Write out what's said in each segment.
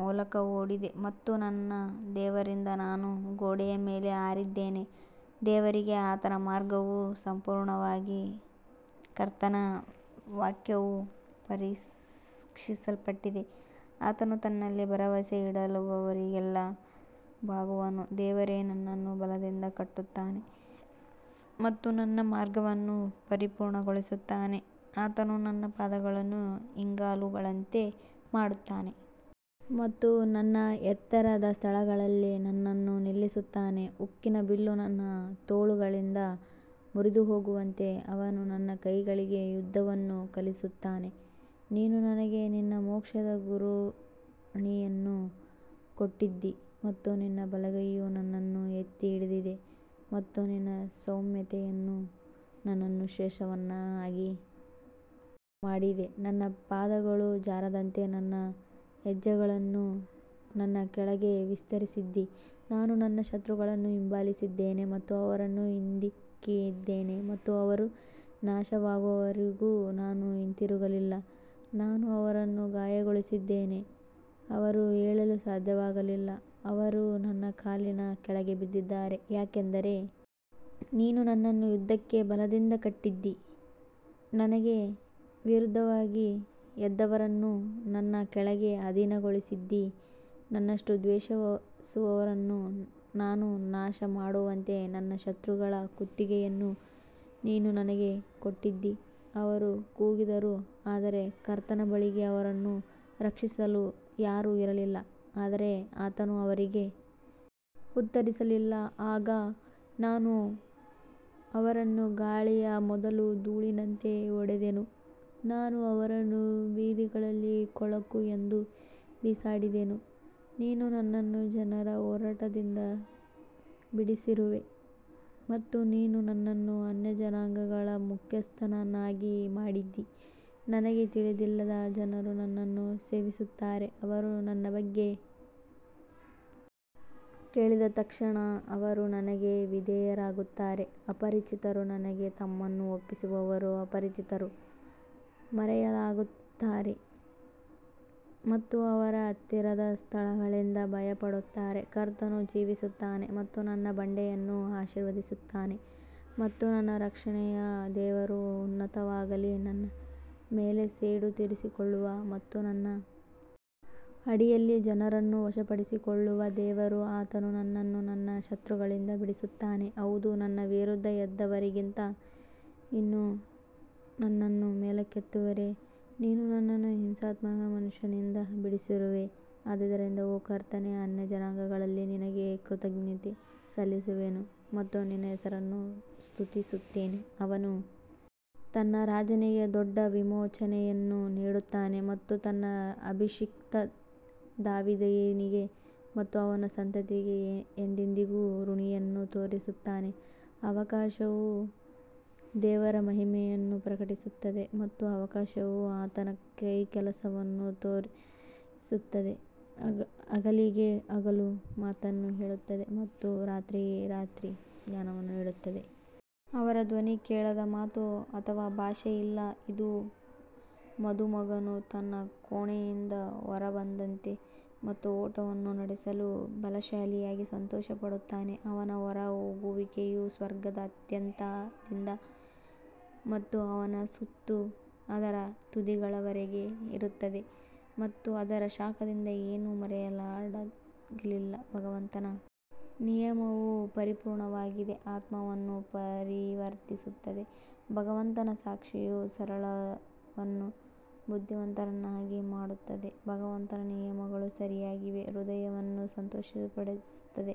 ಮೂಲಕ ಓಡಿದೆ ಮತ್ತು ನನ್ನ ದೇವರಿಂದ ನಾನು ಗೋಡೆಯ ಮೇಲೆ ಹಾರಿದ್ದೇನೆ ದೇವರಿಗೆ ಆತನ ಮಾರ್ಗವು ಪರಿಪೂರ್ಣವಾಗಿದೆ ಕರ್ತನ ವಾಕ್ಯವು ಪರೀಕ್ಷಿಸಲ್ಪಟ್ಟಿದೆ, ಆತನು ತನ್ನಲ್ಲಿ ಭರವಸೆಯಿಡುವವರಿಗೆಲ್ಲ ಬಾಗುವನು ದೇವರೇ ನನ್ನನ್ನು ಬಲದಿಂದ ಕಟ್ಟುತ್ತಾನೆ ಮತ್ತು ನನ್ನ ಮಾರ್ಗವನ್ನು ಪರಿಪೂರ್ಣಗೊಳಿಸುತ್ತಾನೆ ಆತನು ನನ್ನ ಪಾದಗಳನ್ನು ಹಿಂಗಾಲುಗಳಂತೆ ಮಾಡುತ್ತಾನೆ ಮತ್ತು ನನ್ನ ಎತ್ತರದ ಸ್ಥಳಗಳಲ್ಲಿ ನನ್ನನ್ನು ನಿಲ್ಲಿಸುತ್ತಾನೆ ಉಕ್ಕಿನ ಬಿಲ್ಲು ನನ್ನ ತೋಳುಗಳಿಂದ ಮುರಿದುಹೋಗುವಂತೆ ಅವನು ನನ್ನ ಕೈಗಳಿಗೆ ಯುದ್ಧವನ್ನು ಕಲಿಸುತ್ತಾನೆ ನೀನು ನನಗೆ ನಿನ್ನ ಮೋಕ್ಷದ ಗುರಾಣಿಯನ್ನು ಕೊಟ್ಟಿದ್ದೀ ಮತ್ತು ನಿನ್ನ ಬಲಗೈಯು ನನ್ನನ್ನು ಎತ್ತಿ ಹಿಡಿದಿದೆ ಮತ್ತು ನಿನ್ನ ಸೌಮ್ಯತೆಯು ನನ್ನನ್ನು ಶ್ರೇಷ್ಠನನ್ನಾಗಿ ಮಾಡಿದೆ ನನ್ನ ಪಾದಗಳು ಜಾರದಂತೆ ನನ್ನ ಹೆಜ್ಜೆಗಳನ್ನು ನನ್ನ ಕೆಳಗೆ ವಿಸ್ತರಿಸಿದ್ದೀ ನಾನು ನನ್ನ ಶತ್ರುಗಳನ್ನು ಹಿಂಬಾಲಿಸಿದ್ದೇನೆ ಮತ್ತು ಅವರನ್ನು ಹಿಂದಿಕ್ಕಿದ್ದೇನೆ ಮತ್ತು ಅವರು ನಾಶವಾಗುವವರೆಗೂ ನಾನು ಹಿಂತಿರುಗಲಿಲ್ಲ ನಾನು ಅವರನ್ನು ಗಾಯಗೊಳಿಸಿದ್ದೇನೆ, ಅವರು ಏಳಲು ಸಾಧ್ಯವಾಗಲಿಲ್ಲ, ಅವರು ನನ್ನ ಕಾಲಿನ ಕೆಳಗೆ ಬಿದ್ದಿದ್ದಾರೆ ಯಾಕಂದರೆ ನೀನು ನನ್ನನ್ನು ಯುದ್ಧಕ್ಕೆ ಬಲದಿಂದ ಕಟ್ಟಿದ್ದೀ, ನನಗೆ ವಿರುದ್ಧವಾಗಿ ಎದ್ದವರನ್ನು ನನ್ನ ಕೆಳಗೆ ಅಧೀನಗೊಳಿಸಿದ್ದೀ ನನ್ನನ್ನು ದ್ವೇಷಿಸುವವರನ್ನು ನಾನು ನಾಶಮಾಡುವಂತೆ ನನ್ನ ಶತ್ರುಗಳ ಕುತ್ತಿಗೆಯನ್ನೂ ನೀನು ನನಗೆ ಕೊಟ್ಟಿದ್ದೀ ಅವರು ಕೂಗಿದರು ಆದರೆ ಕರ್ತನ ಬಳಿಗೆ ಅವರನ್ನು ರಕ್ಷಿಸಲು ಯಾರೂ ಇರಲಿಲ್ಲ ಆದರೆ ಆತನು ಅವರಿಗೆ ಉತ್ತರಿಸಲಿಲ್ಲ ಆಗ ನಾನು ಅವರನ್ನು ಗಾಳಿಯ ಮೊದಲು ಧೂಳಿನಂತೆ ಹೊಡೆದೆನು, ನಾನು ಅವರನ್ನು ಬೀದಿಗಳಲ್ಲಿ ಕೊಳಕು ಎಂದು ಬಿಸಾಡಿದೆನು ನೀನು ನನ್ನನ್ನು ಜನರ ಹೋರಾಟದಿಂದ ಬಿಡಿಸಿರುವೆ ಮತ್ತು ನೀನು ನನ್ನನ್ನು ಅನ್ಯಜನಾಂಗಗಳ ಮುಖ್ಯಸ್ಥನನ್ನಾಗಿ ಮಾಡಿದ್ದೀ, ನನಗೆ ತಿಳಿದಿಲ್ಲದ ಜನರು ನನ್ನನ್ನು ಸೇವಿಸುತ್ತಾರೆ ಅವರು ನನ್ನ ಬಗ್ಗೆ ಕೇಳಿದ ತಕ್ಷಣ ಅವರು ನನಗೆ ವಿಧೇಯರಾಗುತ್ತಾರೆ ಅಪರಿಚಿತರು ನನಗೆ ತಮ್ಮನ್ನು ಒಪ್ಪಿಸುವರು ಅಪರಿಚಿತರು ಮರೆಯಾಗುತ್ತಾರೆ ಮತ್ತು ಅವರ ಹತ್ತಿರದ ಸ್ಥಳಗಳಿಂದ ಭಯಪಡುತ್ತಾರೆ ಕರ್ತನು ಜೀವಿಸುತ್ತಾನೆ ಮತ್ತು ನನ್ನ ಬಂಡೆಯನ್ನು ಆಶೀರ್ವದಿಸುತ್ತಾನೆ ಮತ್ತು ನನ್ನ ರಕ್ಷಣೆಯ ದೇವರು ಉನ್ನತವಾಗಲಿ ನನ್ನ ಮೇಲೆ ಸೇಡು ತೀರಿಸಿಕೊಳ್ಳುವ ಮತ್ತು ನನ್ನ ಅಡಿಯಲ್ಲಿ ಜನರನ್ನು ವಶಪಡಿಸಿಕೊಳ್ಳುವ ದೇವರು ಆತನು ನನ್ನನ್ನು ನನ್ನ ಶತ್ರುಗಳಿಂದ ಬಿಡಿಸುತ್ತಾನೆ, ಹೌದು ನನ್ನ ವಿರುದ್ಧ ಎದ್ದವರಿಗಿಂತ ನೀನು ನನ್ನನ್ನು ಮೇಲಕ್ಕೆತ್ತಿರುವೆ, ನೀನು ನನ್ನನ್ನು ಹಿಂಸಾತ್ಮಕ ಮನುಷ್ಯನಿಂದ ಬಿಡಿಸಿರುವೆ ಆದದರಿಂದ ಓ ಕರ್ತನೇ ಅನ್ಯಜನಾಂಗಗಳಲ್ಲಿ ನಿನಗೆ ಕೃತಜ್ಞತೆ ಸಲ್ಲಿಸುವೆನು ಮತ್ತು ನಿನ್ನ ಹೆಸರನ್ನು ಸ್ತುತಿಸುತ್ತೇನೆ ಅವನು ತನ್ನ ರಾಜನಿಗೆ ದೊಡ್ಡ ವಿಮೋಚನೆಯನ್ನು ನೀಡುತ್ತಾನೆ ಮತ್ತು ತನ್ನ ಅಭಿಷಿಕ್ತ ದಾವೀದನಿಗೆ ಮತ್ತು ಅವನ ಸಂತತಿಗೆ ಎಂದೆಂದಿಗೂ ಕರುಣೆಯನ್ನು ತೋರಿಸುತ್ತಾನೆ ಆಕಾಶವು ದೇವರ ಮಹಿಮೆಯನ್ನು ಪ್ರಕಟಿಸುತ್ತದೆ ಮತ್ತು ಆಕಾಶವು ಆತನ ಕೈಕೆಲಸವನ್ನು ತೋರಿಸುತ್ತದೆ ಹಗಲಿಗೆ ಹಗಲು ಮಾತನ್ನು ಹೇಳುತ್ತದೆ ಮತ್ತು ರಾತ್ರಿ ರಾತ್ರಿ ಜ್ಞಾನವನ್ನು ನೀಡುತ್ತದೆ ಅವರ ಧ್ವನಿ ಕೇಳದ ಮಾತು ಅಥವಾ ಭಾಷೆ ಇಲ್ಲ ಇದು ಮದುಮಗನು ತನ್ನ ಕೋಣೆಯಿಂದ ಹೊರಬಂದಂತೆ ಮತ್ತು ಓಟವನ್ನು ನಡೆಸಲು ಬಲಶಾಲಿಯಾಗಿ ಸಂತೋಷಪಡುತ್ತಾನೆ ಅವನ ಹೊರಹೋಗುವಿಕೆಯು ಸ್ವರ್ಗದ ಅಂತ್ಯದಿಂದ ಮತ್ತು ಅವನ ಸುತ್ತು ಅದರ ತುದಿಗಳವರೆಗೆ ಇರುತ್ತದೆ ಮತ್ತು ಅದರ ಶಾಖದಿಂದ ಏನೂ ಮರೆಮಾಡಲಾಗಿಲ್ಲ ಭಗವಂತನ ನಿಯಮವು ಪರಿಪೂರ್ಣವಾಗಿದೆ ಆತ್ಮವನ್ನು ಪರಿವರ್ತಿಸುತ್ತದೆ, ಭಗವಂತನ ಸಾಕ್ಷಿಯು ಸರಳರನ್ನು ಬುದ್ಧಿವಂತರನ್ನಾಗಿ ಮಾಡುತ್ತದೆ ಭಗವಂತನ ನಿಯಮಗಳು ಸರಿಯಾಗಿವೆ ಹೃದಯವನ್ನು ಸಂತೋಷಪಡಿಸುತ್ತದೆ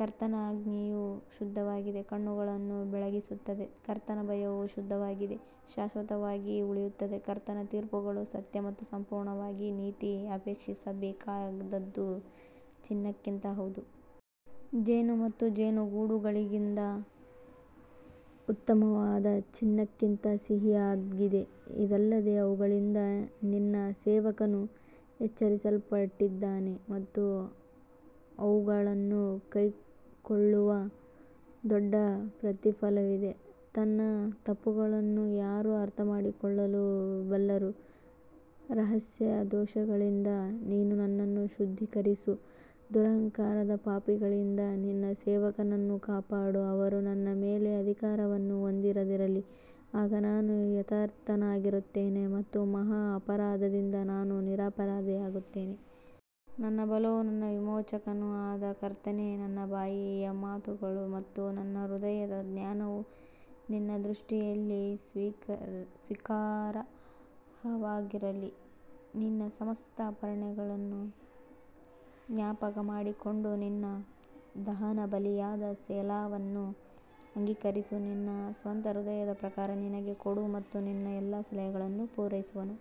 ಕರ್ತನ ಆಜ್ಞೆಯು ಶುದ್ಧವಾಗಿದೆ ಕಣ್ಣುಗಳನ್ನು ಬೆಳಗಿಸುತ್ತದೆ ಕರ್ತನ ಭಯವು ಶುದ್ಧವಾಗಿದೆ ಶಾಶ್ವತವಾಗಿ ಉಳಿಯುತ್ತದೆ ಕರ್ತನ ತೀರ್ಪುಗಳು ಸತ್ಯ ಮತ್ತು ಸಂಪೂರ್ಣವಾಗಿ ನೀತಿ ಅಪೇಕ್ಷಿಸಬೇಕಾದದ್ದು ಚಿನ್ನಕ್ಕಿಂತ ಹೌದು, ಜೇನು ಮತ್ತು ಜೇನುಗೂಡುಗಳಿಗಿಂತ ಉತ್ತಮವಾದ ಚಿನ್ನಕ್ಕಿಂತ ಸಿಹಿಯಾಗಿದೆ ಇದಲ್ಲದೆ ಅವುಗಳಿಂದ ನಿನ್ನ ಸೇವಕನು ಎಚ್ಚರಿಸಲ್ಪಟ್ಟಿದ್ದಾನೆ ಮತ್ತು ಅವುಗಳನ್ನು ಕೈಕೊಳ್ಳುವಲ್ಲಿ ದೊಡ್ಡ ಪ್ರತಿಫಲವಿದೆ ತನ್ನ ತಪ್ಪುಗಳನ್ನು ಯಾರು ಅರ್ಥಮಾಡಿಕೊಳ್ಳಬಲ್ಲರು, ರಹಸ್ಯ ದೋಷಗಳಿಂದ ನೀನು ನನ್ನನ್ನು ಶುದ್ಧೀಕರಿಸು ದುರಹಂಕಾರದ ಪಾಪಗಳಿಂದ ನಿನ್ನ ಸೇವಕನನ್ನು ಕಾಪಾಡು, ಅವರು ನನ್ನ ಮೇಲೆ ಅಧಿಕಾರವನ್ನು ಹೊಂದದಿರಲಿ, ಆಗ ನಾನು ಯಥಾರ್ಥನಾಗಿರುತ್ತೇನೆ ಮತ್ತು ಮಹಾ ಅಪರಾಧದಿಂದ ನಾನು ನಿರಪರಾಧಿಯಾಗುತ್ತೇನೆ. ನನ್ನ ಬಲವೂ ನನ್ನ ವಿಮೋಚಕನೂ ಆದ ಕರ್ತನೇ, ನನ್ನ ಬಾಯಿಯ ಮಾತುಗಳು ಮತ್ತು ನನ್ನ ಹೃದಯದ ಧ್ಯಾನವು ನಿನ್ನ ದೃಷ್ಟಿಯಲ್ಲಿ ಸ್ವೀಕಾರಾರ್ಹವಾಗಿರಲಿ ನಿನ್ನ ಸಮಸ್ತ ಅರ್ಪಣೆಗಳನ್ನು ಜ್ಞಾಪಕಮಾಡಿಕೊಂಡು ನಿನ್ನ ದಹನಬಲಿಯಾದ ಸೆಲಾವನ್ನು ಅಂಗೀಕರಿಸು ನಿನ್ನ ಸ್ವಂತ ಹೃದಯದ ಪ್ರಕಾರ ನಿನಗೆ ಕೊಡು ಮತ್ತು ನಿನ್ನ ಎಲ್ಲಾ ಸಲಹೆಗಳನ್ನು ಪೂರೈಸುವನು.